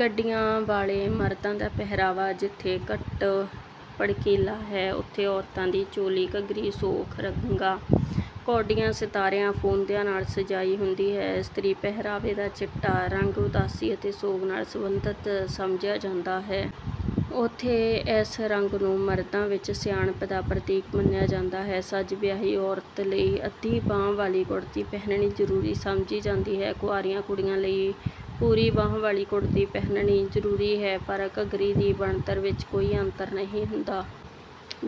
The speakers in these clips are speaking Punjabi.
ਗੱਡੀਆਂ ਵਾਲੇ ਮਰਦਾਂ ਦਾ ਪਹਿਰਾਵਾ ਜਿੱਥੇ ਘੱਟ ਭੜਕੀਲਾ ਹੈ ਉਥੇ ਔਰਤਾਂ ਦੀ ਚੋਲੀ ਘੱਗਰੀ ਸ਼ੋਖ ਰੰਗਾਂ ਕੌਡੀਆਂ ਸਿਤਾਰਿਆਂ ਫੂੰਦਿਆਂ ਨਾਲ ਸਜਾਈ ਹੁੰਦੀ ਹੈ। ਇਸਤਰੀ ਪਹਿਰਾਵੇ ਦਾ ਚਿੱਟਾ ਰੰਗ ਉਦਾਸੀ ਅਤੇ ਸੋਗ ਨਾਲ ਸਬੰਧਤ ਸਮਝਿਆ ਜਾਂਦਾ ਹੈ। ਉਥੇ ਇਸ ਰੰਗ ਨੂੰ ਮਰਦਾਂ ਵਿੱਚ ਸਿਆਣਪ ਦਾ ਪ੍ਰਤੀਕ ਮੰਨਿਆ ਜਾਂਦਾ ਹੈ। ਸੱਜ ਵਿਆਹੀ ਔਰਤ ਲਈ ਅੱਧੀ ਬਾਂਹ ਵਾਲੀ ਕੁੜਤੀ ਪਹਿਨਣੀ ਜ਼ਰੂਰੀ ਸਮਝੀ ਜਾਂਦੀ ਹੈ। ਕੁਆਰੀਆਂ ਕੁੜੀਆਂ ਲਈ ਪੂਰੀ ਬਾਂਹ ਵਾਲੀ ਕੁੜਤੀ ਪਹਿਨਣੀ ਜ਼ਰੂਰੀ ਹੈ ਪਰ ਘੱਗਰੀ ਦੀ ਬਣਤਰ ਵਿੱਚ ਕੋਈ ਅੰਤਰ ਨਹੀਂ ਹੁੰਦਾ।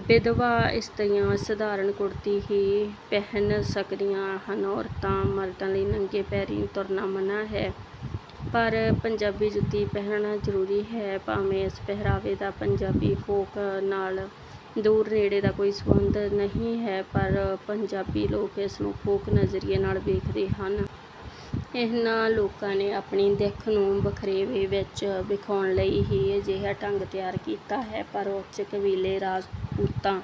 ਵਿਧਵਾ ਇਸਤਰੀਆਂ ਸਧਾਰਨ ਕੁੜਤੀ ਹੀ ਪਹਿਨ ਸਕਦੀਆਂ ਹਨ। ਔਰਤਾਂ ਮਰਦਾਂ ਲਈ ਨੰਗੇ ਪੈਰੀਂ ਤੁਰਨਾ ਮਨ੍ਹਾ ਹੈ। ਪਰ ਪੰਜਾਬੀ ਜੁੱਤੀ ਪਹਿਨਣਾ ਜ਼ਰੂਰੀ ਹੈ। ਭਾਵੇਂ ਇਸ ਪਹਿਰਾਵੇ ਦਾ ਪੰਜਾਬੀ ਫੋਕ ਨਾਲ ਦੂਰ ਨੇੜੇ ਦਾ ਕੋਈ ਸਬੰਧ ਨਹੀਂ ਹੈ ਪਰ ਪੰਜਾਬੀ ਲੋਕ ਇਸਨੂੰ ਫੋਕ ਨਜ਼ਰੀਏ ਨਾਲ ਵੇਖਦੇ ਹਨ। ਇਨ੍ਹਾਂ ਲੋਕਾਂ ਨੇ ਆਪਣੀ ਦਿੱਖ ਨੂੰ ਵਖਰੇਵੇਂ ਵਿੱਚ ਵਿਖਾਉਣ ਲਈ ਹੀ ਅਜਿਹਾ ਢੰਗ ਤਿਆਰ ਕੀਤਾ ਹੈ। ਪਰ ਉੱਚ ਕਬੀਲੇ ਰਾਜਪੂਤਾਂ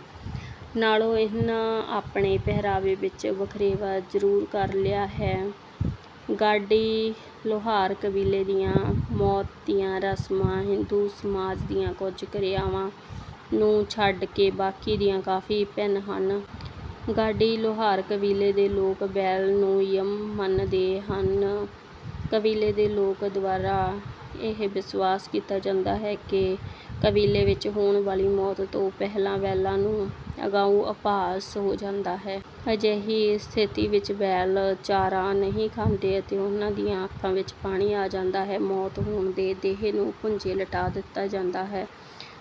ਨਾਲੋਂ ਇਨ੍ਹਾਂ ਆਪਣੇ ਪਹਿਰਾਵੇ ਵਿੱਚ ਵਖਰੇਵਾਂ ਜ਼ਰੂਰ ਕਰ ਲਿਆ ਹੈ। ਗਾਡੀ ਲੁਹਾਰ ਕਬੀਲੇ ਦੀਆਂ ਮੌਤ ਦੀਆਂ ਰਸਮਾਂ ਹਿੰਦੂ ਸਮਾਜ ਦੀਆਂ ਕੁੱਝ ਕਿਰਿਆਵਾਂ ਨੂੰ ਛੱਡ ਕੇ ਬਾਕੀ ਦੀਆਂ ਕਾਫੀ ਭਿੰਨ ਹਨ। ਗਾਡੀ ਲੁਹਾਰ ਕਬੀਲੇ ਦੇ ਲੋਕ ਬੈਲ ਨੂੰ ਯਮ ਮੰਨਦੇ ਹਨ। ਕਬੀਲੇ ਦੇ ਲੋਕ ਦੁਆਰਾ ਇਹ ਵਿਸ਼ਵਾਸ ਕੀਤਾ ਜਾਂਦਾ ਹੈ ਕਿ ਕਬੀਲੇ ਵਿੱਚ ਹੋਣ ਵਾਲੀ ਮੌਤ ਤੋਂ ਪਹਿਲਾਂ ਬੈਲਾਂ ਨੂੰ ਅਗਾਊਂ ਆਭਾਸ ਹੋ ਜਾਂਦਾ ਹੈ। ਅਜਿਹੀ ਸਥਿਤੀ ਵਿੱਚ ਬੈਲ ਚਾਰਾ ਨਹੀਂ ਖਾਂਦੇ ਅਤੇ ਉਨ੍ਹਾਂ ਦੀਆਂ ਅੱਖਾਂ ਵਿੱਚ ਪਾਣੀ ਆ ਜਾਂਦਾ ਹੈ। ਮੌਤ ਹੋਣ ਤੇ ਦੇਹ ਨੂੰ ਭੁੰਜੇ ਲਿਟਾ ਦਿੱਤਾ ਜਾਂਦਾ ਹੈ।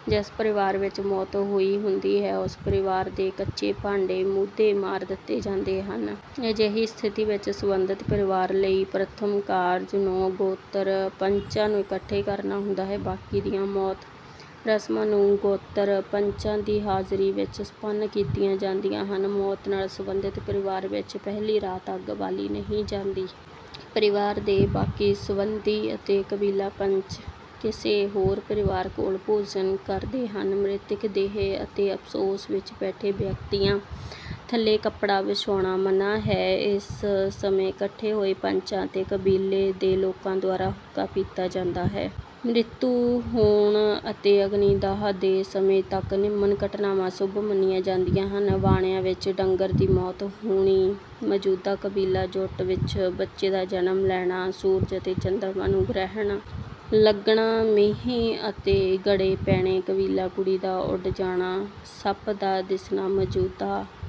ਜਿਸ ਪਰਿਵਾਰ ਵਿੱਚ ਮੌਤ ਹੋਈ ਹੁੰਦੀ ਹੈ ਉਸ ਪਰਿਵਾਰ ਦੇ ਕੱਚੇ ਭਾਂਡੇ ਮੂਧੇ ਮਾਰ ਦਿੱਤੇ ਜਾਂਦੇ ਹਨ। ਅਜਿਹੀ ਸਥਿਤੀ ਵਿੱਚ ਸਬੰਧਿਤ ਪਰਿਵਾਰ ਲਈ ਪ੍ਰਥਮ ਕਾਰਜ ਨੌਂ ਗੋਤਰ ਪੰਚਾਂ ਨੂੰ ਇਕੱਠੇ ਕਰਨਾ ਹੁੰਦਾ ਹੈ। ਬਾਕੀ ਦੀਆਂ ਮੌਤ ਰਸਮਾਂ ਨੌਂ ਗੋਤਰ ਪੰਚਾਂ ਦੀ ਹਾਜ਼ਰੀ ਵਿੱਚ ਸੰਪਨ ਕੀਤੀਆਂ ਜਾਂਦੀਆਂ ਹਨ। ਮੌਤ ਨਾਲ ਸਬੰਧਿਤ ਪਰਿਵਾਰ ਵਿੱਚ ਪਹਿਲੀ ਰਾਤ ਅੱਗ ਬਾਲੀ ਨਹੀਂ ਜਾਂਦੀ। ਪਰਿਵਾਰ ਦੇ ਬਾਕੀ ਸਬੰਧੀ ਅਤੇ ਕਬੀਲਾ ਪੰਚ ਕਿਸੇ ਹੋਰ ਪਰਿਵਾਰ ਕੋਲ ਭੋਜਨ ਕਰਦੇ ਹਨ। ਮ੍ਰਿਤਕ ਦੇਹ ਅਤੇ ਅਫ਼ਸੋਸ ਵਿੱਚ ਬੈਠੇ ਵਿਅਕਤੀਆਂ ਥੱਲੇ ਕੱਪੜਾ ਵਿਛਾਉਣਾ ਮਨ੍ਹਾ ਹੈ। ਇਸ ਸਮੇਂ ਇਕੱਠੇ ਹੋਏ ਪੰਚਾਂ ਅਤੇ ਕਬੀਲੇ ਦੇ ਲੋਕਾਂ ਦੁਆਰਾ ਹੁੱਕਾ ਪੀਤਾ ਜਾਂਦਾ ਹੈ। ਮ੍ਰਿਤੂ ਹੋਣ ਅਤੇ ਅਗਨੀ ਦਾਹ ਦੇ ਸਮੇਂ ਤੱਕ ਨਿਮਨ ਘਟਨਾਵਾਂ ਅਸ਼ੁਭ ਮੰਨੀਆਂ ਜਾਂਦੀਆਂ ਹਨ। ਵਾਣਿਆਂ ਵਿੱਚ ਡੰਗਰ ਦੀ ਮੌਤ ਹੋਣੀ ਮੌਜੂਦਾ ਕਬੀਲਾ ਜੁੱਟ ਵਿੱਚ ਬੱਚੇ ਦਾ ਜਨਮ ਲੈਣਾ ਸੂਰਜ ਅਤੇ ਚੰਦਰਮਾ ਨੂੰ ਗ੍ਰਹਿਣ ਲੱਗਣਾ ਮੀਂਹ ਅਤੇ ਗੜੇ ਪੈਣੇ ਕਬੀਲਾ ਕੁੜੀ ਦਾ ਉੱਡ ਜਾਣਾ ਸੱਪ ਦਾ ਦਿਸਣਾ ਮੌਜੂਦਾ